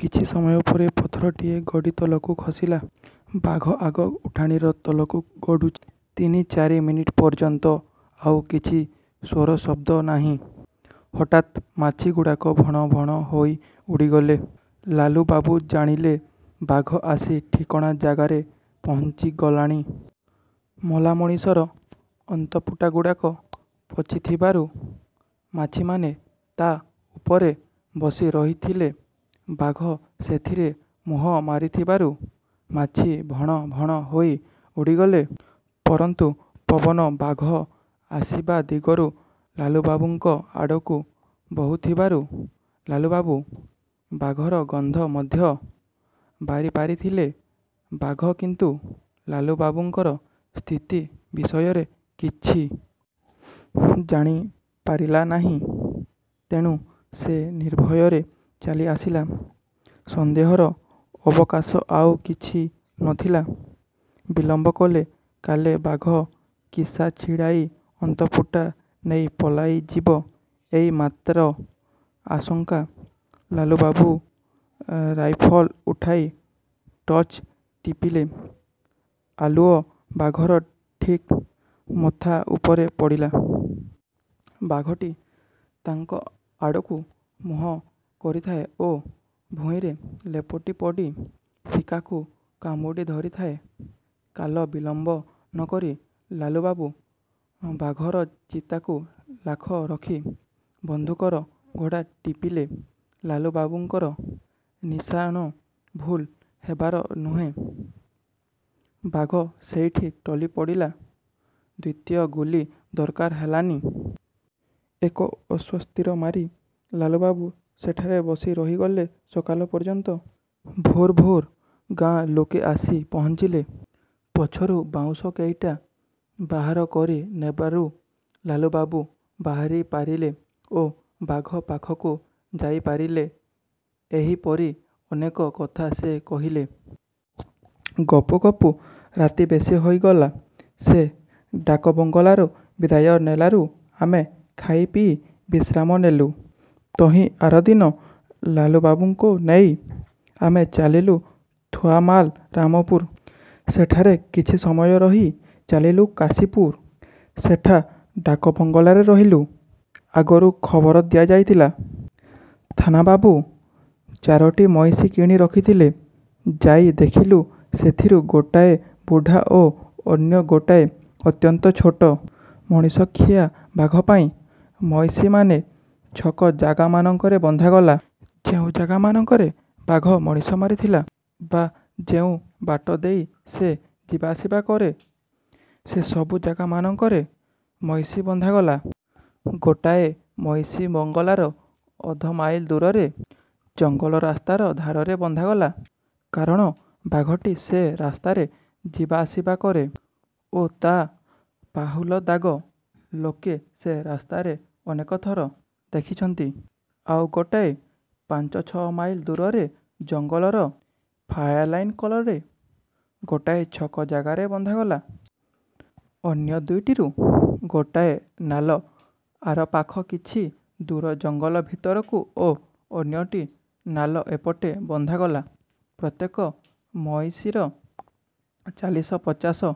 କିଛି ସମୟ ପରେ ପଥରଟିଏ ଗଡ଼ି ତଳକୁ ଖସିଲା। ବାଘ ଆଗ ଉଠାଣିର ତଳକୁ ଗଡ଼ୁଛି। ତିନି ଚାରି ମିନିଟ ପର୍ଯ୍ୟନ୍ତ ଆଉ କିଛି ସୋର ଶବ୍ଦ ନାହିଁ। ହଠାତ୍ ମାଛିଗୁଡ଼ାକ ଭଣ ଭଣ ହୋଇ ଉଡ଼ିଗଲେ। ଲାଲୁବାବୁ ଜାଣିଲେ ବାଘ ଆସି ଠିକଣା ଜାଗାରେ ପହଞ୍ଚିଗଲାଣି। ମଲାମଣିଷର ଅନ୍ତପୁଟାଗୁଡ଼ାକ ପଚିଥିବାରୁ ମାଛିମାନେ ତା' ଉପରେ ବସି ରହିଥିଲେ। ବାଘ ସେଥିରେ ମୁହଁ ମାରିବାରୁ ମାଛି ଭଣ ଭଣ ହୋଇ ଉଡ଼ିଗଲେ। ପରନ୍ତୁ ପବନ ବାଘ ଆସିବା ଦିଗରୁ ଳାଲୁବାବୁଙ୍କ ଆଡ଼କୁ ବହୁଥିବାରୁ ଲାଲୁବାବୁ ବାଘର ଗନ୍ଧ ମଧ୍ୟ ବାରିପାରିଥିଲେ। ବାଘ କିନ୍ତୁ ଲାଲୁବାବୁଙ୍କର ସ୍ଥିତି ବିଷୟରେ କିଛି। ଜାଣି ପାରିଲା ନାହିଁ। ତେଣୁ ସେ ନିର୍ଭୟରେ ଚାଲି ଆସିଲା। ସନ୍ଦେହର ଅବକାଶ ଆଉ କିଛି ନଥିଲା। ବିଳମ୍ବ କଲେ କାଳେ ବାଘ ଶିକା ଛିଡ଼ାଇ ଅନ୍ତପୁଟା ନେଇ ପଳାଇଯିବ-ଏଇ ମାତ୍ର ଆଶଙ୍କା। ଲାଲୁବାବୁ ରାଇଫଲ ଉଠାଇ ଟର୍ଚ୍ଚ ଟିପିଲେ। ଆଲୁଅ ବାଘର ଠିକ ମଥା ଉପରେ ପଡ଼ିଲା। ବାଘଟି ତାଙ୍କ ଆଡ଼କୁ ମୁହଁ କରିଥାଏ ଓ ଭୂଇଁରେ ଲେପଟି ପଡ଼ି ଶିକାକୁ କାମୁଡ଼ି ଧରିଥାଏ,। କାଳ ବିଳମ୍ବ ନକରି ଲାଲୁବାବୁ ବାଘର ଚିତାକୁ ଲାଖ ରଖି ବନ୍ଧୁକର ଘୋଡ଼ା ଟିପିଲେ। ଲାଲୁବାବୁଙ୍କର ନିଶାଣ ଭୁଲ ହେବାର ନୁହେଁ। ବାଘ ସେଇଠି ଟଳି ପଡ଼ିଲା। ଦ୍ୱିତୀୟ ଗୁଳି ଦରକାର ହେଲାନି। ଏକ ଆଶ୍ୱସ୍ତିର ମାରି ଲାଲୁବାବୁ ସେଠାରେ ବସି ରହିଲେ ସକାଳ ପର୍ଯ୍ୟନ୍ତ। ଭୋର ଭୋର ଗାଁ ଲୋକେ ଆସି ପହଁଞ୍ଚିଲେ। ପଛରୁ ବାଉଁଶ କେଇଟା ବାହାର କରି ନେବାରୁ ଲାଲୁବାବୁ ବାହାରି ପାରିଲେ ଓ ବାଘ ପାଖକୁ ଯାଇପାରିଲେ। ଏହିପରି ଅନେକ କଥା ସେ କହିଲେ। ଗପୁ ଗପୁ ରାତି ବେଶି ହୋଇଗଲା। ସେ ଡାକବଙ୍ଗଳାରୁ ବିଦାୟ ନେଲାରୁ ଆମେ ଖାଇ ପିଇ ବିଶ୍ରାମ ନେଲୁ। ତହିଁଆରଦିନ ଲାଲୁବାବୁଙ୍କ ନେଇ ଆମେ ଚାଲିଲୁ ଥୁଆମଲ ରାମପୁର। ସେଠାରେ କିଛି ସମୟ ରହି ଚାଲିଲୁ କାଶୀପୁର। ସେଠା ଡାକବଙ୍ଗଳାରେ ରହିଲୁ। ଆଗରୁ ଖବର ଦିଆଯାଇଥିଲା। ଥାନା ବାବୁ ଚାରୋଟି ମଇଁଷି କିଣି ରଖିଥିଲେ। ଯାଇ ଦେଖିଲୁ ସେଥିରୁ ଗୋଟାଏ ବୁଢ଼ା ଓ ଅନ୍ୟ ଗୋଟାଏ ଅତ୍ୟନ୍ତ ଛୋଟ। ମଣିଷଖିଆ ବାଘ ପାଇଁ ମଇଁଷିମାନ ଛକ ଜାଗାମାନଙ୍କରେ ବନ୍ଧାଗଲା। ଯେଉଁ ଜାଗାମାନଙ୍କରେ ବାଘ ମଣିଷ ମାରିଥିଲା ବା ଯେଉଁ ବାଟ ଦେଇ ସେ ଯିବାଆସିବା କରେ ସେ ସବୁ ଜାଗାମାନଙ୍କରେ ମଇଁଷି ବନ୍ଧାଗଲା। ଗୋଟାଏ ମଇଁଷି ବଙ୍ଗଳାର ଅଧମାଇଲିଏ ଦୂରରେ ଜଙ୍ଗଲ ରାସ୍ତାର ଧାରରେ ବନ୍ଧାଗଲା, କାରଣ ବାଘଟି ସେ ରାସ୍ତାରେ ଯିବା ଆସିବା କରେ ଓ ତା' ପାହୁଲ ଦାଗ ଲୋକେ ସେ ରାସ୍ତାରେ ଅନେକ ଥର ଦେଖିଛନ୍ତି। ଆଉ ଗୋଟାଏ ପାଞ୍ଚ ଛଅ ମାଇଲ ଦୂରରେ ଜଙ୍ଗଲର 'ଫାୟାର ଲାଇନ୍' କଡ଼ରେ ଗୋଟାଏ ଛକ ଜାଗାରେ ବନ୍ଧାଗଲା। ଅନ୍ୟ ଦୁଇଟିରୁ ଗୋଟାଏ ନାଳ ଆରପାଖ କିଛି ଦୂର ଜଙ୍ଗଲ ଭିତରକୁ ଓ ଅନ୍ୟଟି ନାଳ ଏପଟେ ବନ୍ଧାଗଲା। ପ୍ରତ୍ୟେକ ମଇଁଷିର ଚାଳିଶ ପଚାଶ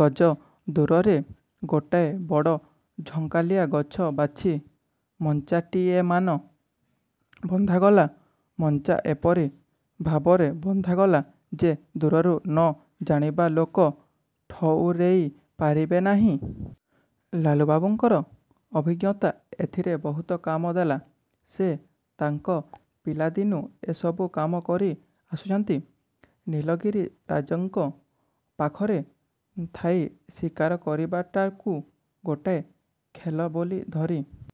ଗଜ ଦୂରରେ ଗୋଟାଏ ବଡ଼ ଝଙ୍କାଳିଆ ଗଛ ବାଛି ମଞ୍ଚାଟିଏମାନ ବନ୍ଧାଗଲା। ମଞ୍ଚା ଏପରି ଭାବରେ ବନ୍ଧାଗଲା ଯେ ଦୂରରୁ ନ ଜାଣିବା ଲୋକେ ଠଉରେଇ ପାରିବେ ନାହିଁ। ଲାଲୁବାବୁଙ୍କର ଅଭିଜ୍ଞତା ଏଥିରେ ବହୁତ କାମ ଦେଲା। ସେ ତାଙ୍କ ପିଲା ଦିନୁ ଏସବୁ କାମ କରି ଆସୁଛନ୍ତି। ନୀଳଗିରି ରାଜାଙ୍କ ପାଖରେ ଥାଇ ଶିକାର କରିବାଟାକୁ ଗୋଟାଏ ଖେଳ ବୋଲି ଧରି